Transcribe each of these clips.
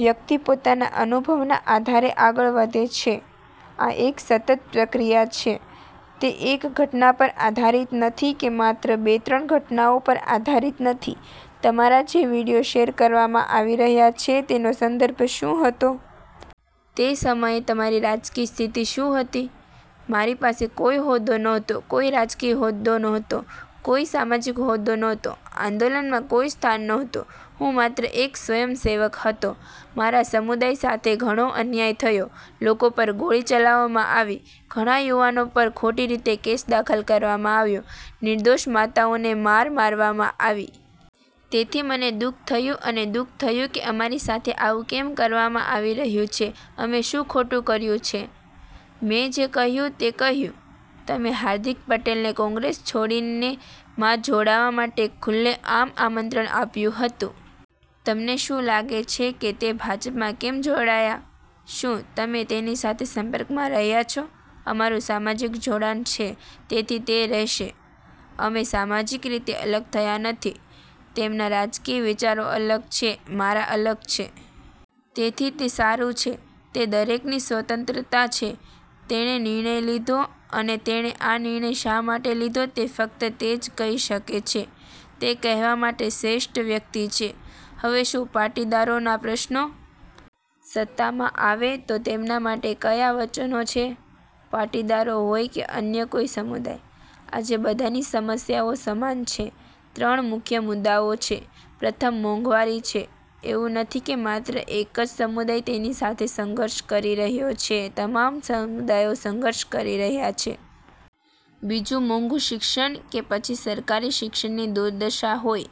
વ્યક્તિ પોતાના અનુભવના આધારે આગળ વધે છે. આ એક સતત પ્રક્રિયા છે. તે એક ઘટના પર આધારિત નથી કે માત્ર બે-ત્રણ ઘટનાઓ પર આધારિત નથી. તમારા જે વીડિયો શેર કરવામાં આવી રહ્યા છે તેનો સંદર્ભ શું હતો? તે સમયે તમારી રાજકીય સ્થિતિ શું હતી? મારી પાસે કોઈ હોદ્દો નહોતો, કોઈ રાજકીય હોદ્દો નહોતો, કોઈ સામાજિક હોદ્દો નહોતો, આંદોલનમાં કોઈ સ્થાન ન્હોતું, હું માત્ર એક સ્વયંસેવક હતો. મારા સમુદાય સાથે ઘણો અન્યાય થયો, લોકો પર ગોળી ચલાવવામાં આવી, ઘણા યુવાનો પર ખોટી રીતે કેસ દાખલ કરવામાં આવ્યા, નિર્દોષ માતાઓને માર મારવામાં આવી. તેથી મને દુઃખ થયું અને દુઃખ થયું કે અમારી સાથે આવું કેમ કરવામાં આવી રહ્યું છે, અમે શું ખોટું કર્યું છે. મેં જે કહ્યું તે કહ્યું. તમે હાર્દિક પટેલને કોંગ્રેસ છોડીને માં જોડાવા માટે ખુલ્લેઆમ આમંત્રણ આપ્યું હતું. તમને શું લાગે છે કે તે ભાજપમાં કેમ જોડાયા? શું તમે તેની સાથે સંપર્કમાં રહ્યા છો? અમારું સામાજિક જોડાણ છે, તેથી તે રહેશે. અમે સામાજિક રીતે અલગ થયા નથી. તેમના રાજકીય વિચારો અલગ છે, મારા અલગ છે. તેથી તે સારું છે. તે દરેકની સ્વતંત્રતા છે. તેણે નિર્ણય લીધો અને તેણે આ નિર્ણય શા માટે લીધો તે ફક્ત તે જ કહી શકે છે. તે કહેવા માટે શ્રેષ્ઠ વ્યક્તિ છે. હવે શું છે પાટીદારોના પ્રશ્નો? સત્તામાં આવે તો તેમના માટે કયા વચનો છે? પાટીદારો હોય કે અન્ય કોઈ સમુદાય. આજે બધાની સમસ્યાઓ સમાન છે. ત્રણ મુખ્ય મુદ્દાઓ છે. પ્રથમ મોંઘવારી છે. એવું નથી કે માત્ર એક જ સમુદાય તેની સાથે સંઘર્ષ કરી રહ્યો છે, તમામ સમુદાયો સંઘર્ષ કરી રહ્યા છે. બીજું મોંઘું શિક્ષણ કે પછી સરકારી શિક્ષણની દુર્દશા હોય.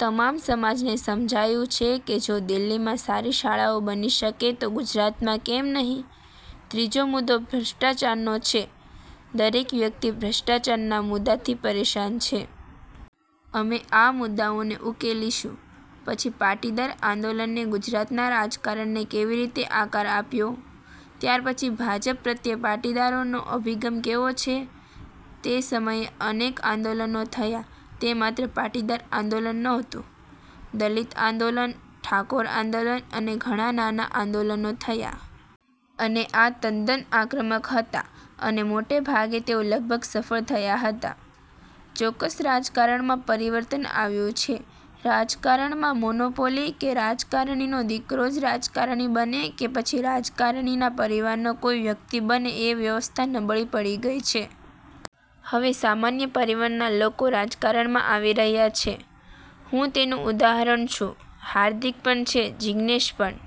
તમામ સમાજને સમજાયું છે કે જો દિલ્હીમાં સારી શાળાઓ બની શકે તો ગુજરાતમાં કેમ નહીં? ત્રીજો મુદ્દો ભ્રષ્ટાચારનો છે, દરેક વ્યક્તિ ભ્રષ્ટાચારના મુદ્દાથી પરેશાન છે. અમે આ મુદ્દાઓને ઉકેલીશું. પછી પાટીદાર આંદોલને ગુજરાતના રાજકારણને કેવી રીતે આકાર આપ્યો? ત્યારપછી ભાજપ પ્રત્યે પાટીદારોનો અભિગમ કેવો છે? તે સમયે અનેક આંદોલનો થયા, તે માત્ર પાટીદાર આંદોલન નહોતું. દલિત આંદોલન, ઠાકોર આંદોલન અને ઘણા નાના આંદોલનો થયા. અને આ તદ્દન આક્રમક હતા, અને મોટાભાગે તેઓ લગભગ સફળ થયા હતા. ચોક્કસ રાજકારણમાં પરિવર્તન આવ્યું છે. રાજકારણમાં મોનોપોલી કે રાજકારણીનો દીકરો જ રાજકારણી બને કે પછી રાજકારણીના પરિવારનો કોઈ વ્યક્તિ બને એ વ્યવસ્થા નબળી પડી ગઈ છે. હવે સામાન્ય પરિવારના લોકો રાજકારણમાં આવી રહ્યા છે. હું તેનું ઉદાહરણ છું, હાર્દિક પણ છે, જિગ્નેશ પણ